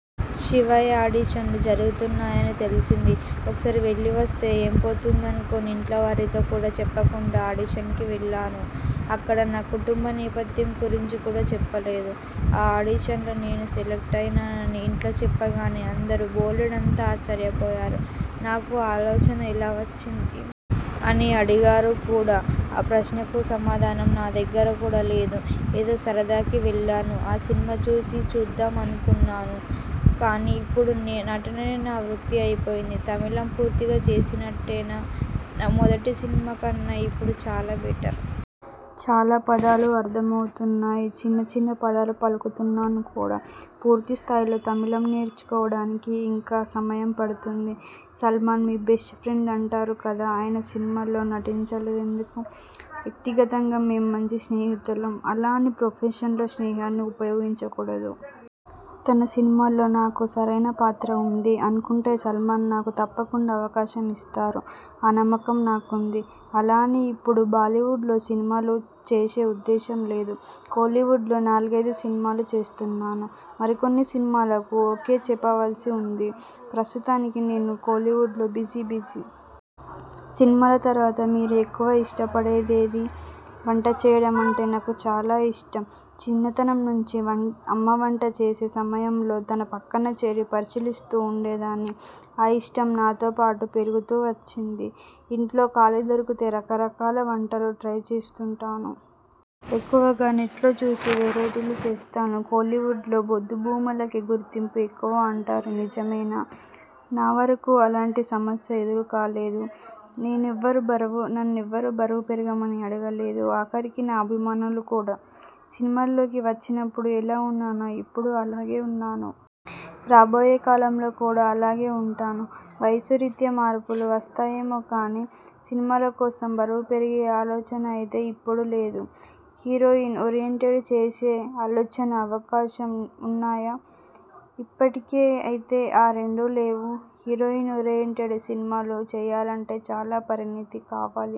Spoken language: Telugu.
'శివాయ్' ఆడిషన్స్ జరుగుతున్నాయని తెలిసింది. ఒకసారి వెళ్ళి వస్తే ఏం పోతుంది అనుకుని ఇంట్లోవారితో కూడా చెప్పకుండా ఆడిషన్కి వెళ్ళాను. అక్కడ నా కుటుంబ నేపథ్యం గురించి కూడా చెప్పలేదు. ఆ ఆడిషన్లో నేను సెలక్ట్ అయ్యానని ఇంట్లో చెప్పగానే అందరూ బోలెడంత ఆశ్చర్యపోయారు. నాకు ఆ ఆలోచన ఎలా వచ్చింది? అని అడిగారు కూడా! ఆ ప్రశ్నకు సమాధానం నా దగ్గర కూడా లేదు. ఏదో సరదాకి వెళ్ళాను. ఒక సినిమా చేసి చూద్దాం అనుకున్నాను. కానీ ఇప్పుడు నటనే నా వృత్తి అయిపోయింది. తమిళం పూర్తిగా వచ్చేసినట్టేనా? నా మొదటి సినిమా కన్నా ఇప్పుడు చాలా బెటర్! చాలా పదాలు అర్థం అవుతున్నాయి. చిన్న చిన్న పదాలు పలుకుతున్నాను కూడా! పూర్తి స్థాయిలో తమిళం నేర్చుకోవడానికి ఇంకా సమయం పడుతుంది. సల్మాన్ మీ బెస్ట్ఫ్రెండ్ అంటారు కదా? ఆయన సినిమాల్లో నటించలేదెందుకు? వ్యక్తిగతంగా మేం మంచి స్నేహితులం. అలా అని ప్రొఫెషన్లో స్నేహాన్ని ఉపయోగించుకోకూడదు. తన సినిమాలో నాకు సరైన పాత్ర ఉంది అనుకుంటే సల్మాన్ నాకు తప్పకుండా అవకాశం ఇస్తారు. ఆ నమ్మకం నాకుంది. అలా అని ఇప్పుడు బాలీవుడ్లో సినిమాలు చేసే ఉద్దేశం లేదు. కోలీవుడ్లో నాలుగైదు సినిమాలు చేస్తున్నాను. మరికొన్ని సినిమాలకు ఓకే చెప్పవలసి ఉంది. ప్రస్తుతానికి నేను కోలీవుడ్లో బిజీ బిజీ! సినిమాల తరువాత మీరు ఎక్కువగా ఇష్టపడేది? వంట చేయడం అంటే చాలా ఇష్టం. చిన్నతనం నుంచీ అమ్మ వంట చేసే సమయంలో తన పక్కనచేరి పరిశీలిస్తూ ఉండేదాన్ని. ఆ ఇష్టం నాతో పాటు పెరుగుతూ వచ్చింది. ఇంట్లో ఖాళీ దొరికితే రకరకాల వంటలు ట్రై చేస్తుంటాను. ఎక్కువగా నెట్లో చూసి వెరైటీలు చేస్తాను. కోలీవుడ్లో బొద్దు భామలకే గుర్తింపు ఎక్కువ అంటారు, నిజమేనా? నా వరకూ అలాంటి సమస్య ఎదురు కాలేదు. నన్నెవరూ బరువు పెరగమని అడగలేదు. ఆఖరికి నా అభిమానులు కూడా! సినిమాల్లోకి వచ్చినప్పుడు ఎలా ఉన్నానో ఇప్పుడూ అలాగే ఉన్నాను. రాబోయే కాలంలో కూడా అలాగే ఉంటాను. వయస్సు రీత్యా మార్పులు వస్తాయేమో కానీ, సినిమాల కోసం బరువు పెరిగే ఆలోచన అయితే ఇప్పుడు లేదు. హీరోయిన్ ఓరియెంటెడ్ సినిమా చేసే ఆలోచన, అవకాశం ఉన్నాయా? ఇప్పటికి అయితే ఆ రెండూ లేవు. హీరోయిన్ ఓరియెంటెడ్ సినిమాలు చేయాలంటే చాలా పరిణతి కావాలి.